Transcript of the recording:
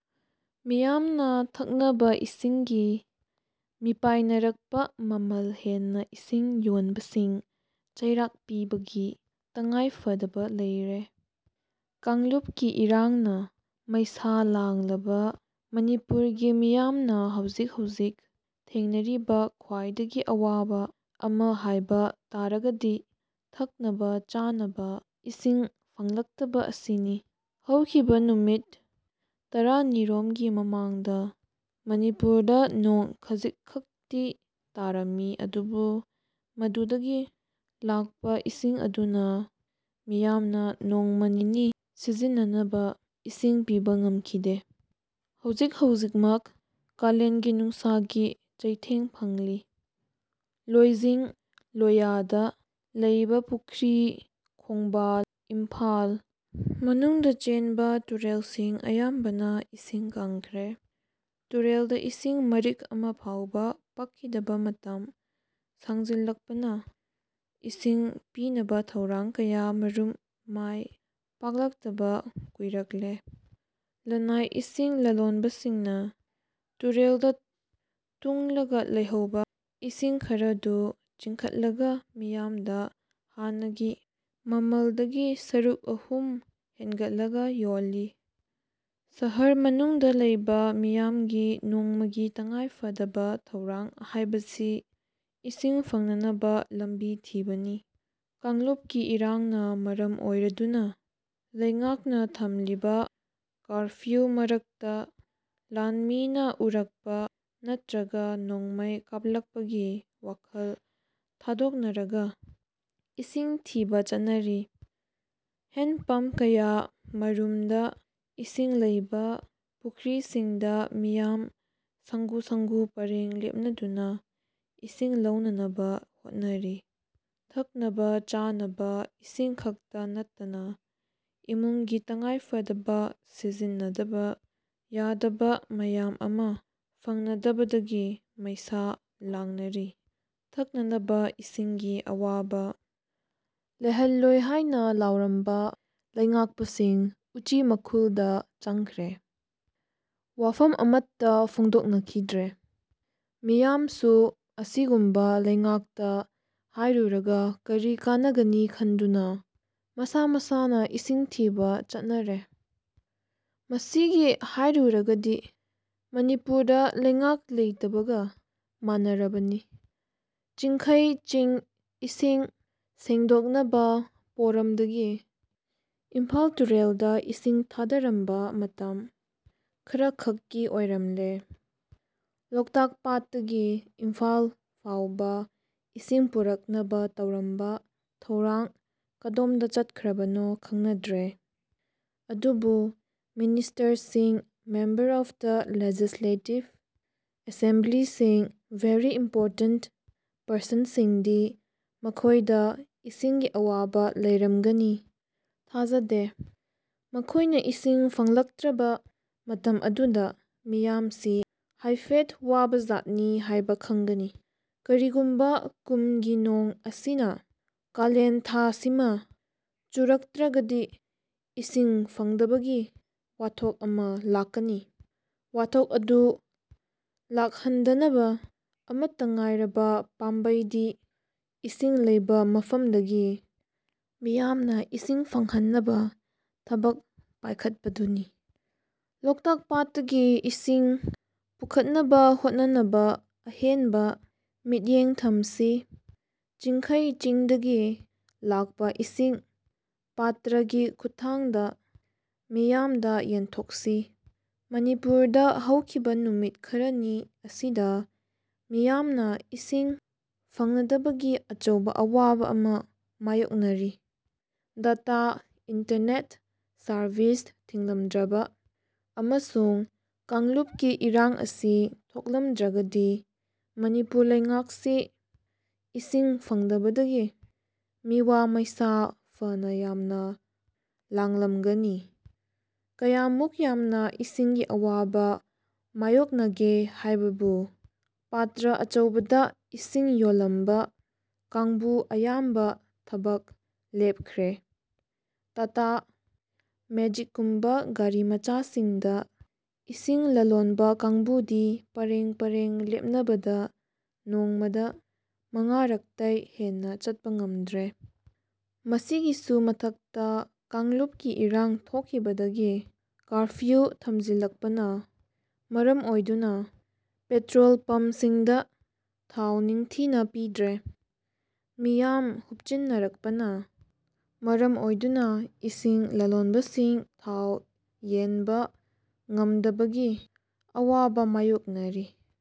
ꯃꯤꯌꯥꯝꯅ ꯊꯛꯅꯕ ꯏꯁꯤꯡꯒꯤ ꯃꯤꯄꯥꯏꯅꯔꯛꯄ ꯃꯃꯜ ꯍꯦꯟꯅ ꯏꯁꯤꯡ ꯌꯣꯟꯕꯁꯤꯡ ꯆꯩꯔꯥꯛ ꯄꯤꯕꯒꯤ ꯇꯉꯥꯏ ꯐꯗꯕ ꯂꯩꯔꯦ꯫ ꯀꯥꯡꯂꯨꯞꯀꯤ ꯏꯔꯥꯡꯅ ꯃꯩꯁꯥ ꯂꯥꯡꯂꯕ ꯃꯅꯤꯄꯨꯔꯒꯤ ꯃꯤꯌꯥꯝꯅ ꯍꯧꯖꯤꯛ ꯍꯧꯖꯤꯛ ꯊꯦꯡꯅꯔꯤꯕ ꯈ꯭ꯋꯥꯏꯗꯒꯤ ꯑꯋꯥꯕ ꯑꯃ ꯍꯥꯏꯕ ꯇꯥꯔꯒꯗꯤ ꯊꯛꯅꯕ-ꯆꯥꯅꯕ ꯏꯁꯤꯡ ꯐꯪꯂꯛꯇꯕ ꯑꯁꯤꯅꯤ꯫ ꯍꯧꯈꯤꯕ ꯅꯨꯃꯤꯠ ꯇꯔꯥ ꯅꯤ ꯔꯣꯝꯒꯤ ꯃꯃꯥꯡꯗ ꯃꯅꯤꯄꯨꯔꯗ ꯅꯣꯡ ꯈꯖꯤꯛ ꯈꯛꯇꯤ ꯇꯥꯔꯝꯃꯤ ꯑꯗꯨꯕꯨ ꯃꯗꯨꯗꯒꯤ ꯂꯥꯛꯄ ꯏꯁꯤꯡ ꯑꯗꯨꯅ ꯃꯤꯌꯥꯝꯅ ꯅꯣꯡꯃ ꯅꯤꯅꯤ ꯁꯤꯖꯤꯟꯅꯅꯕ ꯏꯁꯤꯡ ꯄꯤꯕ ꯉꯝꯈꯤꯗꯦ꯫ ꯍꯧꯖꯤꯛ ꯍꯧꯖꯤꯛꯃꯛ ꯀꯥꯂꯦꯟꯒꯤ ꯅꯨꯡꯁꯥꯒꯤ ꯆꯩꯊꯦꯡ ꯐꯪꯂꯤ꯫ ꯂꯣꯏꯖꯤꯡ ꯂꯣꯏꯌꯥꯗ ꯂꯩꯕ ꯄꯨꯈ꯭ꯔꯤ, ꯈꯣꯡꯕꯥꯜ, ꯏꯝꯐꯥꯜ ꯃꯅꯨꯡꯗ ꯆꯦꯟꯕ ꯇꯨꯔꯦꯜꯁꯤꯡ ꯑꯌꯥꯝꯕꯅ ꯏꯁꯤꯡ ꯀꯪꯈ꯭ꯔꯦ꯫ ꯇꯨꯔꯦꯜꯗ ꯏꯁꯤꯡ ꯃꯔꯤꯛ ꯑꯃ ꯐꯥꯎꯕ ꯄꯛꯈꯤꯗꯕ ꯃꯇꯝ ꯁꯥꯡꯖꯤꯜꯂꯛꯄꯅ ꯏꯁꯤꯡ ꯄꯤꯅꯕ ꯊꯧꯔꯥꯡ ꯀꯌ ꯥꯃꯔꯨꯝ ꯃꯥꯏ ꯄꯥꯛꯂꯛꯇꯕ ꯀꯨꯏꯔꯛꯂꯦ꯫ ꯂꯟꯅꯥꯏ ꯏꯁꯤꯡ ꯂꯂꯣꯟꯕꯁꯤꯡꯅ ꯇꯨꯔꯦꯜꯗ ꯇꯨꯡꯂꯒ ꯂꯩꯍꯧꯕ ꯏꯁꯤꯡ ꯈꯔꯗꯨ ꯆꯤꯡꯈꯠꯂꯒ ꯃꯤꯌꯥꯝꯗ ꯍꯥꯟꯅꯒꯤ ꯃꯃꯜꯗꯒꯤ ꯁꯔꯨꯛ ꯑꯍꯨꯝ ꯍꯦꯟꯒꯠꯂꯒ ꯌꯣꯜꯂꯤ꯫ ꯁꯍꯔ ꯃꯅꯨꯡꯗ ꯂꯩꯕ ꯃꯤꯌꯥꯝꯒꯤ ꯅꯣꯡꯃꯒꯤ ꯇꯉꯥꯏ ꯐꯗꯕ ꯊꯧꯔꯥꯡ ꯍꯥꯏꯕꯁꯤ ꯏꯁꯤꯡ ꯐꯪꯅꯅꯕ ꯂꯝꯕꯤ ꯊꯤꯕꯅꯤ꯫ ꯀꯥꯡꯂꯨꯞꯀꯤ ꯏꯔꯥꯡꯅ ꯃꯔꯝ ꯑꯣꯏꯔꯗꯨꯅ ꯂꯩꯉꯥꯛꯅ ꯊꯝꯂꯤꯕ ꯀꯥꯔꯐ꯭ꯌꯨ ꯃꯔꯛꯇ ꯂꯥꯟꯃꯤꯅ ꯐꯨꯔꯛꯄ ꯅꯠꯇ꯭ꯔꯒ ꯅꯣꯡꯃꯩ ꯀꯥꯞꯂꯛꯄꯒꯤ ꯋꯥꯈꯜ ꯊꯥꯗꯣꯛꯅꯔꯒ ꯏꯁꯤꯡ ꯊꯤꯕ ꯆꯠꯅꯔꯤ꯫ ꯍꯦꯟꯄꯝꯞ ꯀꯌꯥ ꯃꯔꯨꯝꯗ ꯏꯁꯤꯡ ꯂꯩꯕ ꯄꯨꯈ꯭ꯔꯤꯁꯤꯡꯗ ꯃꯤꯌꯥꯝ ꯁꯪꯒꯨ ꯁꯪꯒꯨ ꯄꯔꯦꯡ ꯂꯦꯞꯅꯗꯨꯅ ꯏꯁꯤꯡ ꯂꯧꯅꯅꯕ ꯍꯣꯠꯅꯔꯤ꯫ ꯊꯛꯅꯕ-ꯆꯥꯅꯕ ꯏꯁꯤꯡ ꯈꯛꯇ ꯅꯠꯇꯅ ꯏꯃꯨꯡꯒꯤ ꯇꯉꯥꯏꯐꯗꯕ ꯁꯤꯖꯤꯟꯅꯗꯕ ꯌꯥꯗꯕ ꯃꯌꯥꯝ ꯑꯃ ꯐꯪꯅꯗꯕꯗꯒꯤ ꯃꯩꯁꯥ ꯂꯥꯡꯅꯔꯤ꯫ ꯊꯛꯅꯅꯕ ꯏꯁꯤꯡꯒꯤ ꯑꯋꯥꯕ ꯂꯩꯍꯜꯂꯣꯏ ꯍꯥꯏꯅ ꯂꯥꯎꯔꯝꯕ ꯂꯩꯉꯥꯛꯄꯁꯤꯡ ꯎꯆꯤ ꯃꯈꯨꯜꯗ ꯆꯪꯈ꯭ꯔꯦ꯫ ꯋꯥꯐꯝ ꯑꯃꯠꯇ ꯐꯣꯡꯗꯣꯛꯅꯈꯤꯗ꯭ꯔꯦ꯫ ꯃꯤꯌꯥꯝꯁꯨ ꯑꯁꯤꯒꯨꯝꯕ ꯂꯩꯉꯥꯛꯇ ꯍꯥꯏꯔꯨꯔꯒ ꯀꯔꯤ ꯀꯥꯟꯅꯒꯅꯤ ꯈꯟꯗꯨꯅ ꯃꯁꯥ ꯃꯁꯥꯅ ꯏꯁꯤꯡ ꯊꯤꯕ ꯆꯠꯅꯔꯦ꯫ ꯃꯁꯤꯒꯤ ꯍꯥꯏꯔꯨꯔꯒꯗꯤ ꯃꯅꯤꯄꯨꯔꯗ ꯂꯩꯉꯥꯛ ꯂꯩꯇꯕꯒ ꯃꯥꯟꯅꯔꯕꯅꯤ꯫ ꯆꯤꯡꯈꯩ ꯆꯤꯡ ꯏꯁꯤꯡ ꯁꯦꯡꯗꯣꯛꯅꯕ ꯄꯣꯔꯝꯗꯒꯤ ꯏꯝꯐꯥꯜ ꯇꯨꯔꯦꯜꯗ ꯏꯁꯤꯡ ꯊꯥꯗꯔꯝꯕ ꯃꯇꯝ ꯈꯔ ꯈꯛꯀꯤ ꯑꯣꯏꯔꯝꯂꯦ꯫ ꯂꯣꯛꯇꯥꯛ ꯄꯥꯠꯇꯒꯤ ꯏꯝꯐꯥꯜ ꯐꯥꯎꯕ ꯏꯁꯤꯡ ꯄꯨꯔꯛꯅꯕ ꯇꯧꯔꯝꯕ ꯊꯧꯔꯥꯡ ꯀꯗꯣꯝꯗ ꯆꯠꯈ꯭ꯔꯕꯅꯣ ꯈꯪꯅꯗ꯭ꯔꯦ꯫ ꯑꯗꯨꯕꯨ ꯃꯤꯅꯤꯁꯇꯔꯁꯤꯡ, ꯃꯦꯝꯕꯔ ꯑꯣꯐ ꯗ ꯂꯦꯖꯤꯁꯂꯦꯇꯤꯚ ꯑꯦꯁꯦꯝꯕ꯭ꯂꯤꯁꯤꯡ, ꯚꯦꯔꯤ ꯏꯝꯄꯣꯔꯇꯦꯟꯠ ꯄꯔꯁꯟꯁꯤꯡꯗꯤ ꯃꯈꯣꯏꯗ ꯏꯁꯤꯡꯒꯤ ꯑꯋꯥꯕ ꯂꯩꯔꯝꯒꯅꯤ ꯊꯥꯖꯗꯦ꯫ ꯃꯈꯣꯏꯅ ꯏꯁꯤꯡ ꯐꯪꯂꯛꯇ꯭ꯔꯕ ꯃꯇꯝ ꯑꯗꯨꯗ ꯃꯤꯌꯥꯝꯁꯤ ꯍꯥꯏꯐꯦꯠ ꯋꯥꯕꯖꯥꯠꯅꯤ ꯍꯥꯏꯕ ꯈꯪꯒꯅꯤ꯫ ꯀꯔꯤꯒꯨꯝꯕ ꯀꯨꯝꯒꯤ ꯅꯣꯡ ꯑꯁꯤꯅ ꯀꯥꯂꯦꯟ ꯊꯥꯁꯤꯃ ꯆꯨꯔꯛꯇ꯭ꯔꯒꯗꯤ ꯏꯁꯤꯡ ꯐꯪꯗꯕꯒꯤ ꯋꯥꯊꯣꯛ ꯑꯃ ꯂꯥꯛꯀꯅꯤ꯫ ꯋꯥꯊꯣꯛ ꯑꯗꯨ ꯂꯥꯛ ꯍꯟꯗꯅꯕ ꯑꯃꯠꯇ ꯉꯥꯏꯔꯕ ꯄꯥꯝꯕꯩꯗꯤ ꯏꯁꯤꯡ ꯂꯩꯕ ꯃꯐꯝꯗꯒꯤ ꯃꯤꯌꯥꯝꯅ ꯏꯁꯤꯡ ꯐꯪꯍꯟꯅꯕ ꯊꯕꯛ ꯄꯥꯏꯈꯠꯄꯗꯨꯅꯤ꯫ ꯂꯣꯛꯇꯥꯛ ꯄꯥꯠꯇꯒꯤ ꯏꯁꯤꯡ ꯄꯨꯈꯠꯅꯕ ꯍꯣꯠꯅꯅꯕ ꯑꯍꯦꯟꯕ ꯃꯤꯠꯌꯦꯡ ꯊꯝꯁꯤ꯫ ꯆꯤꯡꯈꯩ ꯆꯤꯡꯗꯒꯤ ꯂꯥꯛꯄ ꯏꯁꯤꯡ ꯄꯥꯇ꯭ꯔꯒꯤ ꯈꯨꯠꯊꯥꯡꯗ ꯃꯤꯌꯥꯝꯗ ꯌꯦꯟꯊꯣꯛꯁꯤ꯫ ꯃꯅꯤꯄꯨꯔꯗ ꯍꯧꯈꯤꯕ ꯅꯨꯃꯤꯠ ꯈꯔꯅꯤ ꯑꯁꯤꯗ ꯃꯤꯌꯥꯝꯅ ꯏꯁꯤꯡ ꯐꯪꯅꯗꯕꯒꯤ ꯑꯆꯧꯕ ꯑꯋꯥꯕ ꯑꯃ ꯃꯥꯌꯣꯛꯅꯔꯤ꯫ ꯗꯥꯇꯥ ꯏꯟꯇꯔꯅꯦꯠ ꯁꯥꯔꯚꯤꯁ ꯊꯤꯡꯂꯝꯗ꯭ꯔꯕ ꯑꯃꯁꯨꯡ ꯀꯥꯡꯂꯨꯞꯀꯤ ꯏꯔꯥꯡ ꯑꯁꯤ ꯊꯣꯛꯂꯝꯗ꯭ꯔꯒꯗꯤ ꯃꯅꯤꯄꯨꯔ ꯂꯩꯉꯥꯛꯁꯤ ꯏꯁꯤꯡ ꯐꯪꯗꯕꯗꯒꯤ ꯃꯤꯋꯥ ꯃꯩꯁꯥ ꯐꯅ ꯌꯥꯝꯅ ꯂꯥꯡꯂꯝꯒꯅꯤ꯫ ꯀꯌꯥꯃꯨꯛ ꯌꯥꯝꯅ ꯏꯁꯤꯡꯒꯤ ꯑꯋꯥꯕ ꯃꯥꯌꯣꯛꯅꯒꯦ ꯍꯥꯏꯕꯕꯨ ꯄꯥꯇ꯭ꯔ ꯑꯆꯧꯕꯗ ꯏꯁꯤꯡ ꯌꯣꯜꯂꯝꯕ ꯀꯥꯡꯕꯨ ꯑꯌꯥꯝꯕ ꯊꯕꯛ ꯂꯦꯞꯈ꯭ꯔꯦ꯫ ꯇꯥꯇꯥ ꯃꯦꯖꯤꯛ ꯀꯨꯝꯕ ꯒꯥꯔꯤ ꯃꯆꯥꯁꯤꯡꯗ ꯏꯁꯤꯡ ꯂꯂꯣꯟꯕ ꯀꯥꯡꯕꯨꯗꯤ ꯄꯔꯦꯡ ꯄꯔꯦꯡ ꯂꯦꯞꯅꯕꯗ ꯅꯣꯡꯃꯗ ꯃꯉꯥꯔꯛꯇꯩ ꯍꯦꯟꯅ ꯆꯠꯄ ꯉꯝꯗ꯭ꯔꯦ꯫ ꯃꯁꯤꯒꯤꯁꯨ ꯃꯊꯛꯇ ꯀꯥꯡꯂꯨꯞꯀꯤ ꯏꯔꯥꯡ ꯊꯣꯛꯈꯤꯕꯗꯒꯤ ꯀꯥꯔꯐ꯭ꯌꯨ ꯊꯝꯖꯤꯜꯂꯛꯄꯅ ꯃꯔꯝ ꯑꯣꯏꯗꯨꯅ ꯄꯦꯇ꯭ꯔꯣꯜ ꯄꯝꯞꯁꯤꯡꯗ ꯊꯥꯎ ꯅꯤꯡꯊꯤꯅ ꯄꯤꯗ꯭ꯔꯦ꯫ ꯃꯤꯌꯥꯝ ꯍꯨꯞꯆꯤꯟꯅꯔꯛꯄꯅ ꯃꯔꯝ ꯑꯣꯏꯗꯨꯅ ꯏꯁꯤꯡ ꯂꯂꯣꯟꯕꯁꯤꯡ ꯊꯥꯎ ꯌꯦꯟꯕ ꯉꯝꯗꯕꯒꯤ ꯑꯋꯥꯕ ꯃꯥꯌꯣꯛꯅꯔꯤ꯫